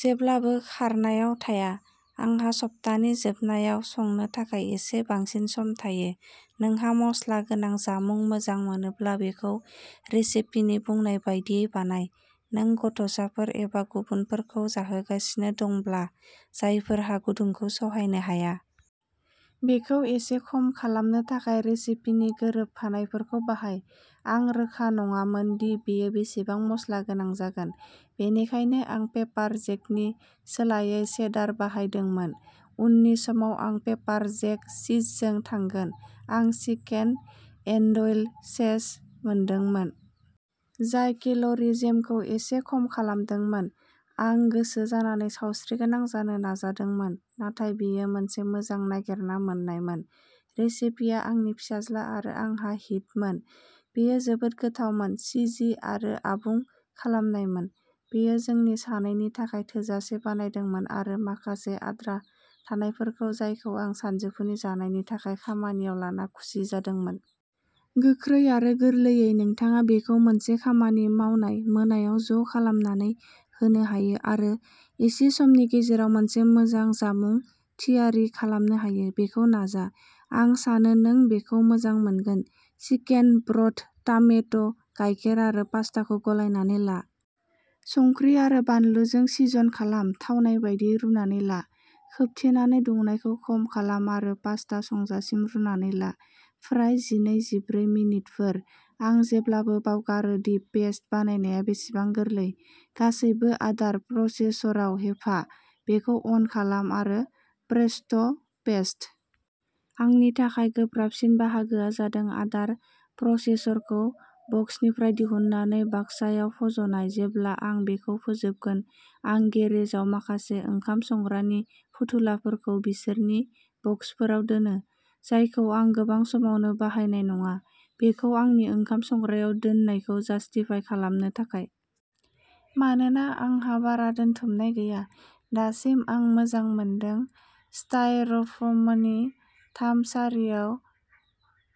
जेब्लाबो खारनायाव थाया। आंहा सप्तानि जोबनायाव संनो थाखाय एसे बांसिन सम थायो। नोंहा मस्ला गोनां जामुं मोजां मोनोब्ला बेखौ रेसिपिनि बुंनाय बायदियै बानाय। नों गथ'साफोर एबा गुबुनफोरखौ जाहोगासिनो दंब्ला। जायफोरा गुदुंखौ सहायनो हाया। बेखौ एसे खम खालामनो थाखाय रेसिपिनि गोरोबनायफोरखौ बाहाय। आं रोखा नङामोन दि बेयो बेसेबां मस्ला गोनां जागोन। बेनिखायनो आं पेपार जेकनि सोलायै चेडार बाहायदोंमोन। उननि समाव आं पेपार जेक चीजजों थांगोन। आं चिकेन एन्ड'इल सेस मोनदोंमोन। जाय केल'रि जेमखौ एसे खम खालामदोंमोन। आं गोसो जानानै सावस्रिगोनां जानो नाजादोंमोन। नाथाय बेयो मोनसे मोजां नागिरना मोननायमोन। रेसिपिया आंनि फिसाज्ला आरो आंहा हिटमोन। बेयो जोबोद गोथावमोन। चिजि आरो आबुं खालामनायमोन। बेयो जोंनि सानैनि थाखाय थोजासे बानायदोंमोन आरो माखासे आद्रा थानायफोरखौ जायखौ आं सानजौफुनि जानायनि थाखाय खामानियाव लाना खुसि जादोंमोन। गोख्रै आरो गोरलैयै नोंथाङा बेखौ मोनसे खामानि मावनाय मोनायाव ज'खालामनानै होनो हायो आरो एसे समनि गेजेराव मोनसे मोजां जामुं थियारि खालामनो हायो। बेखौ नाजा। आं सानो नों बेखौ मोजां मोनगोन। चिकेन ब्रथ, टामेट', गायखेर आरो पास्ताखौ गलायनानै ला। संख्रि आरो बानलुजों सिजन खालाम थावनाय बादियै। रुनानै ला। खोबथेनानै दुंनायखौ खम खालाम आरो पास्ता संजासिम रुनानै ला। फ्राय जिनै-जिब्रै मिनिटफोर। आं जेब्लाबो बावगारो दि पेस्ट बानायनाया बेसेबां गोरलै। गासैबो आदार प्रसेसराव होफा बेखौ अन खालाम आरो प्रेस्ट' पेस्ट। आंनि थाखाय गोब्राबसिन बाहागोआ जादों आदार प्रसेसरखौ बक्सनिफ्राय दिहुननानै बाक्सायाव फज'नाय जेब्ला आं बेखौ फोजोबगोन। आं गेरेजाव माखासे ओंखाम संग्रानि फुथुलाफोरखौ बिसोरनि बक्सफोराव दोनो। जायखौ आं गोबां समावनो बाहायनाय नङा। बेखौ आंनि ओंखाम संग्रायाव दोननायखौ जस्टिफाइ खालामनो थाखाय। मानोना आंहा बारा दोनथुमनाय गैया। दासिम आं मोजां मोनदों। स्टायरफ'मनि थाम सारिआव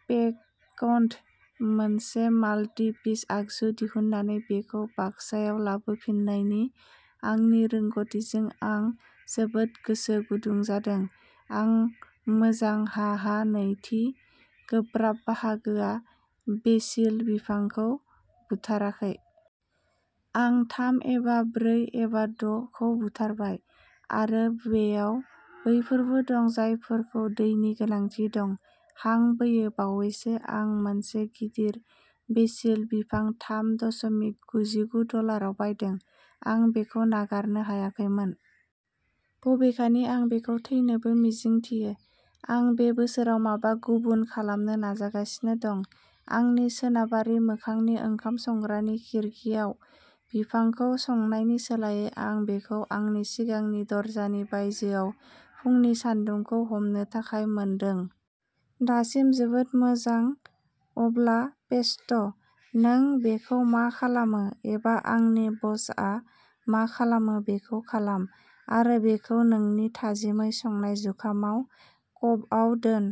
पेक्ड मोनसे माल्टि पिस आगजु दिहुननानै बेखौ बाक्सायाव लाबोफिननायनि आंनि रोंग'थिजों आं जोबोद गोसो गुदुं जादों। आं मोजां हाहा नैथि गोब्राब बाहागोआ बेसिल बिफांखौ बुथाराखै। आं थाम एबा ब्रै एबा द’ खौ बुथारबाय आरो बेयाव बैफोरबो दं जायफोरखौ दैनि गोनांथि दं। हां बोयो बावैसो आं मोनसे गिदिर बेसिल बिफां थाम दशमिक गुजिगु डलाराव बायदों। आं बेखौ नागारनो हायाखैमोन। बबेखानि आं बेखौ थैनोबो मिजिंथियो। आं बे बोसोराव माबा गुबुन खालामनो नाजागासिनो दं। आंनि सोनाबारि मोखांनि ओंखाम संग्रानि खिरखिआव बिफांखौ संनायनि सोलायै आं बेखौ आंनि सिगांनि दरजानि बायजोआव फुंनि सानदुंखौ हमनो थाखाय मोनदों। दासिम जोबोद मोजां अब्ला पेस्ट'। नों बेखौ मा खालामो? एबा आंनि बसआ मा खालामो बेखौ खालाम आरो बेखौ नोंनि थाजिमै संनाय जुखामाव क'बआव दोन।